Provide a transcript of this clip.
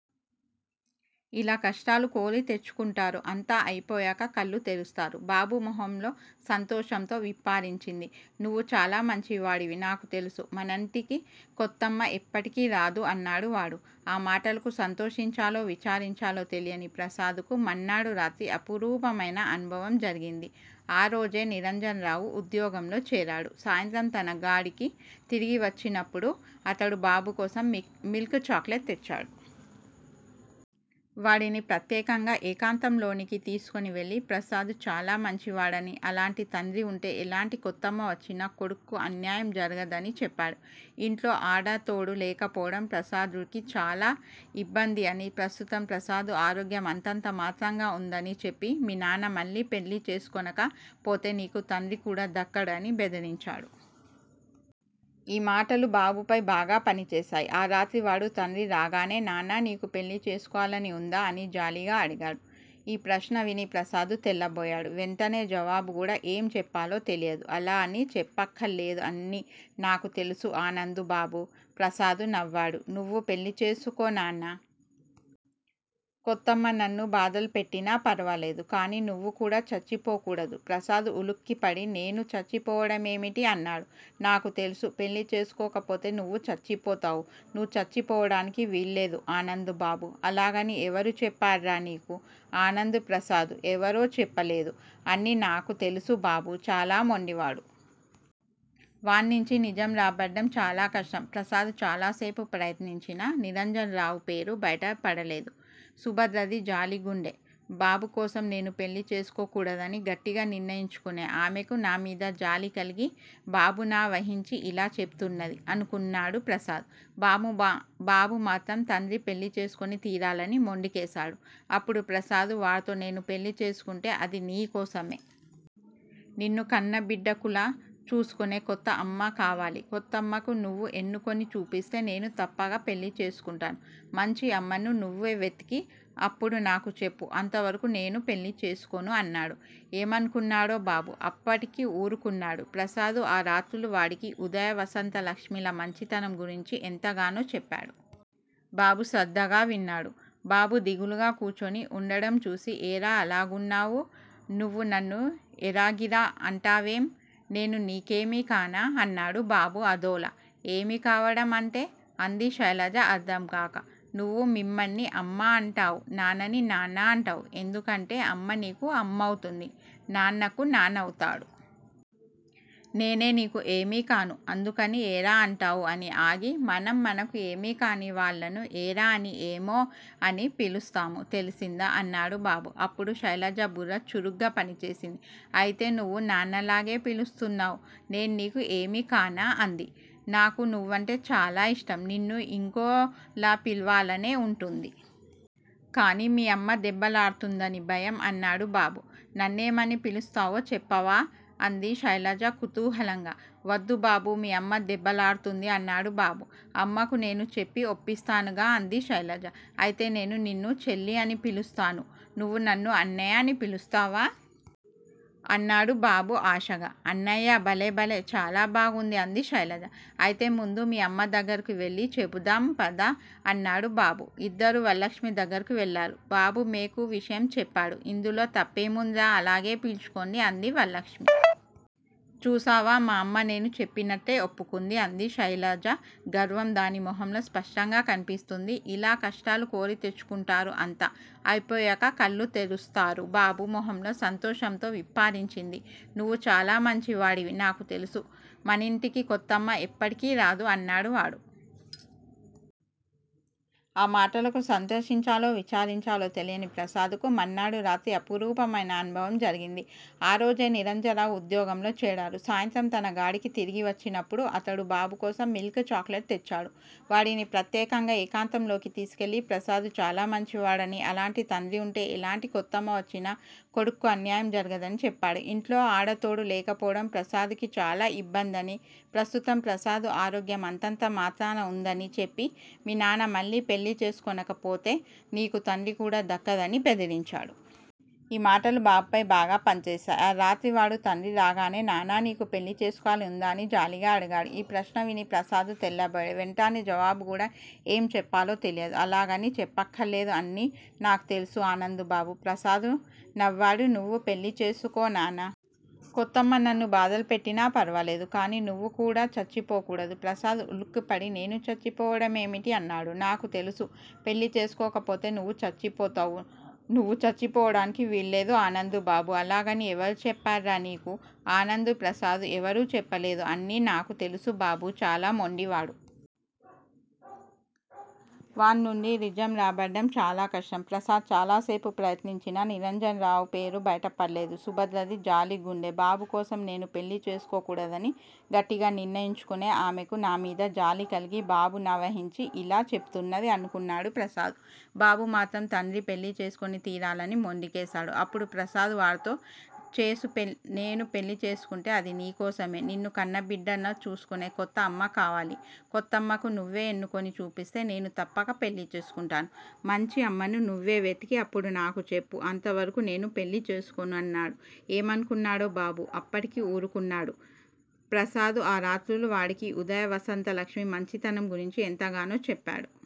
ఇలా కష్టాలు కోరి తెచ్చుకుంటారు అంతా అయిపోయాక కళ్లు తెరుస్తారు. బాబు ముఖంలో సంతోషంతో విప్పారించింది. నువ్వు చాలా మంచివాడివి నాకుతెలుసు. మనింటికి కొత్తమ్మ ఎప్పటికీరాదు అన్నాడువాడు. ఆ మాటలకు సంతోషంచాలో విచారించాలో తెలియని ప్రసాదుకు మర్నాడు రాత్రి అపురూపమైన అనుభవం జరిగింది. ఆ రోజే నిరంజనరావు ఉద్యోగంలో చేరాడు సాయంత్రం తన గాడికి తిరిగివచ్చినపుడు అతడు బాబుకోసం మి మిల్క్ చాక్లెట్ తెచ్చాడు. వాడిని ప్రత్యేకంగా ఏకాంతంలోనికి తీసుకునివెళ్ళి ప్రసాదుచాలా మంచివాడనీ అలాంటి తండ్రివుంటే ఎలాంటి కొత్తమ్మ వచ్చినా కొడుక్కు అన్యాయం జరుగుదనీ చెప్పాడు ఇంట్లో అడతోడు లేకపోవడం ప్రసాదు కి చాలా ఇమ్బ్బందిఅనీ, ప్రస్తుతం ప్రసాదు ఆరోగ్యం అంతంతమాత్రంగా వున్నదనీ చెప్పి, మీ నాన్న మళ్ళీ పెళ్ళిచేసుకొనక పొతేనీకు తండ్రికూడా దక్కడు అని బెదిరించాడు. ఈ మాటలు బాబుపై బాగాపనిచేశాయి. ఆరాత్రి వాడు తండ్రిరాగానే నాన్న నీకు పెళ్ళిచేసుకోలనివుందా? అని జాలిగా అడిగాడు. ఈప్రశ్న విని ప్రసాదు తెల్లబోయాడు వెంటనే జవాబుకూడా ఏం చెప్పాలో తెలియదు. అలాగని చెప్పక్కర్లేదు అన్నీ నాకు తెలుసు ఆనందు బాబు. ప్రసాదు నవ్వాడు. నువ్వు పెళ్ళిచేసుకో నాన్నా! కొత్తమ్మ నన్ను బాధలుపెట్టినాఫరవాలేదు. కానీ నువ్వుకూడా చచ్చిపోకూడదు ప్రసాదు ఉలిక్కిపడి నేను చచ్చిపోవడమేమిటి? అన్నాడు. నాకు తెలుసు. పెళ్ళిచేసుకోపోతే నువ్వు చచ్చిపోతావు. నువ్వు చచ్చిపోవడానికి వీల్లేదు ఆనందు బాబు. అలాగని ఎవరు చెప్పర్రా నీకు? ఆనందు ప్రసాదు. ఎవరూ చెప్పలేదు. అన్నీ నాకే తెలుసు బాబు చాలా మెండివాడు. వాణ్ణించి నిజం రాబట్టడం చాలా కష్టం. ప్రసాదు చాలాసేపు ప్రయత్నించినా నిరంజనరావుపేరు బయటపడలేదు. సుభద్రది జాలి గుండె బాబుకోసం నేను పెళ్ళి చేసుకోకూడదని గట్టిగ నిర్ణయించుకునే ఆమెకు నామీద జాలికలిగి బాబునావహించి ఇలా చెబుతున్నది అనుకున్నాడు ప్రసాదు. బాబుమాత్రం తండ్రిపెళ్ళిచేసుకుని తీరాలని మొండికేసాడు అప్పుడు ప్రసాదు వాడితో నేను పెళ్ళిచేసుకుంటే అదినీకోసమే. నిన్ను కన్నబిడ్డకులా చూసుకునే కొత్తఅమ్మకవాలి. కొత్తమ్మను నువ్వే ఎన్నుకుని చూపిస్తే నేను తప్పక పెళ్ళిచేసుకుంటాను. మంచి అమ్మను నువ్వేవెతికి అప్పుడు నాకుచెప్పు అంతవరకూ నేను పెళ్ళిచేసుకోను అన్నాడు. ఏమనుకున్నాడో బాబు అప్పటికి ఊరుకున్నాడు. ప్రసాదు ఆ రాత్రులూ వాడికి ఉదయ, వసంతలక్ష్మి ల మంచితనం గురించి ఎంతగానో చెప్పాడు. బాబు శ్రద్దగా విన్నాడు. బాబు దిగులుగా కూర్చుని ఉండడం చూసి ఏరా అలాగున్నావు? నువ్వునన్ను ఏరాగిరా అంటావేం? నేనునీకేమీ కనా? అన్నాడు. బాబు అదోలా. ఏమీ కావడంఅంటే? అంది శైలజ అర్థం కాక. నువ్వు మీమ్మని అమ్మాఅంటావు నాన్నని నాన్నా అంటావు ఎందుకంటే అమ్మనీకు అమ్మవుతుంది నాన్ననకు నాన్నవుతాడు. నేనేనీకు ఏమీకాను అందుకని ఏరా అంటావు అనిఆగి మనంమనకు ఏమీకాని వాళ్ళను ఏరా అనీ ఏమే అనీ పిలుస్తాను తెలిసిందా? అన్నాడు బాబు. అప్పుడు శైలజ బుర్ర చురుగ్గా పనిచేసింది అయితే నువ్వూనాన్నలాగే పిలుస్తున్నావు. నేనూనీకు ఏమీకానా? అంది. నాకునువ్వంటే చాలాఇష్టం. నిన్ను ఇంకోలాపిలవాలనే ఉంటుంది. కాని మీ అమ్మదెబ్బలాడుతుందనిభయం అన్నాడు బాబు. నన్నేమని పిలుస్తావో చెప్పావా? అంది శైలజ కుతుహాలంగా వద్దుబాబూ మీ అమ్మ దెబ్బలాడుతుంది అన్నాడు బాబు. అమ్మకు నేను చెప్పి ఒప్పిస్తానుగా అంది శైలజ. అయితే నేను నిన్ను చేల్లీఅని పిలుస్తాను. నువ్వు నన్ను అన్నయ్యా అని పి లుస్తావా? అన్నాడు బాబు ఆశగా. అన్నయ్య భలేభలే చాలా బాగుంది. అంది శైలజ. అయితే ముందు మీ అమ్మదగ్గరకు వెళ్ళి చెబుదాం పద అన్నాడు బాబు. ఇద్దరూ వరలక్ష్మి దగ్గరకు వెళ్ళారు. బాబుమేకు విషయం చెప్పాడు. ఇందులో తప్పేముందిర్రా అలాగే పీల్చుకొండి అంది వరలక్ష్మి. చూశావా మా అమ్మ నేను చెప్పినట్లే ఒప్పుకుంది అంది శైలజ గర్వం దాని ముఖంలో స్పష్టంగా కనిపిస్తోంది. ఇలా కష్టాలు కోరి తెచ్చుకుంటారు అంతా అయిపోయాక కళ్లు తెరుస్తారు. బాబు ముఖంలో సంతోషంతో విప్పారించింది. నువ్వు చాలా మంచివాడివి నాకుతెలుసు. మనింటికి కొత్తమ్మ ఎప్పటికీరాదు అన్నాడువాడు. ఆ మాటలకు సంతోషంచాలో విచారించాలో తెలియని ప్రసాదుకు మర్నాడు రాత్రి అపురూపమైన అనుభవం జరిగింది. ఆ రోజే నిరంజనరావు ఉద్యోగంలో చేరాడు సాయంత్రం తన గాడికి తిరిగివచ్చినపుడు అతడు బాబుకోసం మిల్క్ చాక్లెట్ తెచ్చాడు. వాడిని ప్రత్యేకంగా ఏకాంతంలోనికి తీసుకునివెళ్ళి ప్రసాదుచాలా మంచివాడనీ అలాంటి తండ్రివుంటే ఎలాంటి కొత్తమ్మ వచ్చినా కొడుక్కు అన్యాయం జరుగుదనీ చెప్పాడు ఇంట్లో అడతోడు లేకపోవడం ప్రసాదుకి చాలా ఇబ్బంది అనీ, ప్రస్తుతం ప్రసాదు ఆరోగ్యం అంతంతమాత్రంగా వున్నదనీ చెప్పి మీ నాన్న మళ్ళీ పెళ్ళిచేసుకొనక పొతేనీకు తండ్రికూడా దక్కడు అని బెదిరించాడు. ఈ మాటలు బాబుపై బాగాపనిచేశాయి. ఆరాత్రి వాడు తండ్రిరాగానే నాన్ననీకు పెళ్ళిచేసుకోలనివుందా? అని జాలిగా అడిగాడు. ఈప్రశ్న విని ప్రసాదు తెల్లబోయాడు వెంటనే జవాబుకూడా ఏం చెప్పాలో తెలియదు. అలాగని చెప్పక్కర్లేదు అన్నీ నాకే తెలుసు ఆనందు బాబు. ప్రసాదు నవ్వాడు. నువ్వు పెళ్ళిచేసుకో నాన్నా! కొత్తమ్మ నన్ను బాధలుపెట్టినాఫరవాలేదు. కానీ నువ్వుకూడా చచ్చిపోకూడదు ప్రసాదు ఉలిక్కిపడి నేను చచ్చిపోవడమేమిటి? అన్నాడు. నాకు తెలుసు. పెళ్ళిచేసుకోపోతే నువ్వు చచ్చిపోతావు. నువ్వు చచ్చిపోవడానికి వీల్లేదు ఆనందు బాబు. అలాగని ఎవరు చెప్పర్రా నీకు? ఆనందు ప్రసాదు. ఎవరూ చెప్పలేదు. అన్నీ నాకే తెలుసు బాబు చాలా మెండివాడు. వాణ్ణించి నిజం రాబట్టడం చాలా కష్టం. ప్రసాదు చాలాసేపు ప్రయత్నించినా నిరంజనరావుపేరు బయటపడలేదు. సుభద్రది జాలి గుండె బాబుకోసం నేను పెళ్ళి చేసుకోకూడదని గట్టిగ నిర్ణయించుకునే ఆమెకు నామీద జాలికలిగి బాబునావహించి ఇలా చెబుతున్నది అనుకున్నాడు ప్రసాదు. బాబుమాత్రం తండ్రిపెళ్ళిచేసుకుని తీరాలని మొండికేసాడు అప్పుడు ప్రసాదు వాడితో చేసు పెళ్ళిచేసుకుంటే అదినీకోసమే. నిన్ను కన్నబిడ్డకులా చూసుకునే కొత్తఅమ్మకవాలి. కొత్తమ్మను నువ్వే ఎన్నుకుని చూపిస్తే నేను తప్పక పెళ్ళిచేసుకుంటాను. మంచి అమ్మను నువ్వేవెతికి అప్పుడు నాకుచెప్పు అంతవరకూ నేను పెళ్ళిచేసుకోను అన్నాడు. ఏమనుకున్నాడో బాబు అప్పటికి ఊరుకున్నాడు. ప్రసాదు ఆ రాత్రులూ వాడికి ఉదయ, వసంతలక్ష్మి ల మంచితనం గురించి ఎంతగానో చెప్పాడు.